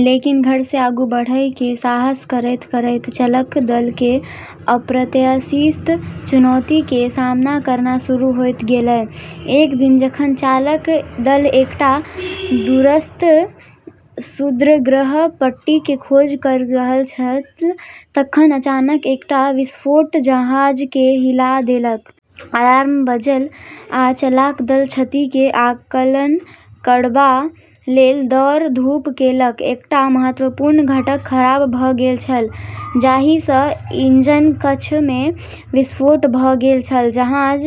लेकिन घर से आगू बढ़ै के साहस करतें करतें चालक दल के अप्रत्याशित चुनौती के सामना करना शुरू होय गेलै। एक दिन जखन चालक दल एकटा दूरस्थ क्षुद्रग्रह पट्टी के खोज कर रहल छल तखन अचानक एकटा विस्फोट जहाज के हिला देलक। अलार्म बाजल, आ चालक दल क्षति के आकलन करबा लेल दौड़ धूप केलक। एकटा महत्वपूर्ण घटक खराब भ गेल छल, जाहि से इंजन कक्ष में विस्फोट भ गेल छल। जहाज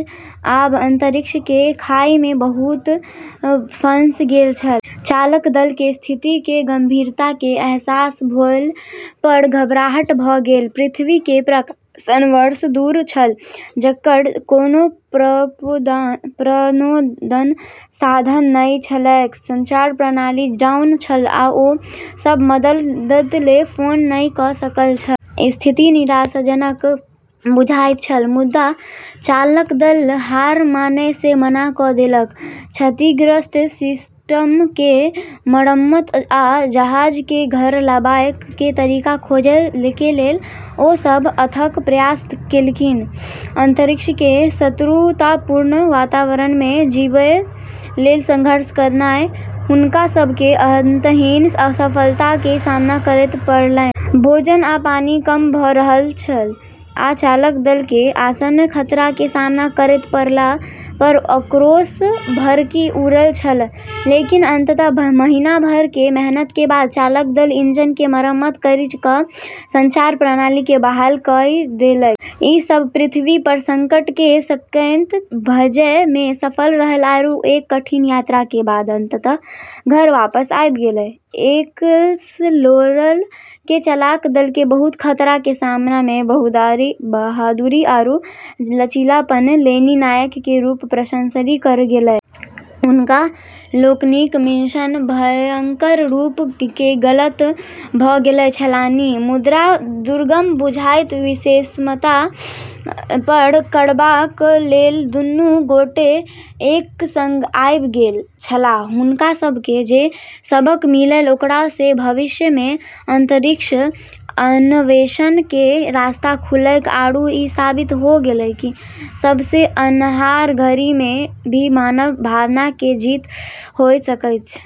आब अंतरिक्ष के खाई में बहैत फँसि गेल छल। चालक दल के स्थिति के गंभीरता के अहसास भेला पर घबराहट भ गेल। पृथ्वी से प्रकाश वर्ष दूर छल, जकर कोनो प्रणोदन साधन नहि छलैक। संचार प्रणाली डाउन छल, आ ओ सब मदद लेल फोन नहि क सकल छल। स्थिति निराशाजनक बुझाइत छल। मुदा चालक दल हार मानय से मना क देलक। क्षतिग्रस्त सिस्टम के मरम्मत आ जहाज के घर लाबय के तरीका खोजय के लेल ओ सब अथक प्रयास केलनि। अंतरिक्ष के शत्रुतापूर्ण वातावरण में जीबय लेल संघर्ष करैत हुनका सब के अंतहीन असफलता के सामना करय पड़लनि। भोजन आ पानि कम भ रहल छल, आ चालक दल के आसन्न खतरा के सामना करय पड़ला पर आक्रोश भड़कि उठल छल। लेकिन अंततः महीना भर के मेहनत के बाद चालक दल इंजन के मरम्मत करी क संचार प्रणाली के बहाल करी देलकै। ई सब पृथ्वी पर संकट के संकेत भेजै में सफल रहलै आरू एक कठिन यात्रा के बाद अंततः घर वापस आबी गेलै। एक्सप्लोरर के चालक दल के बहुत खतरा के सामना में बहादुरी आरू लचीलापन लेली नायक के रूप में प्रशंसित करल गेलै। हुनका लोकनिक मिशन भयंकर रूपे गलत भ गेल छलनि, मुदा दुर्गम बुझाइत विषमता के पार करबाक लेल दुनू गोटे एक संग आबि गेल छलाह। हुनका सब के जे सबक मिललै, ओकरा से भविष्य में अंतरिक्ष अन्वेषण के रास्ता खुललै आरू ई साबित होय गेलै कि सबसे अन्हार घड़ी में भी मानव भावना के जीत होय सकै छै।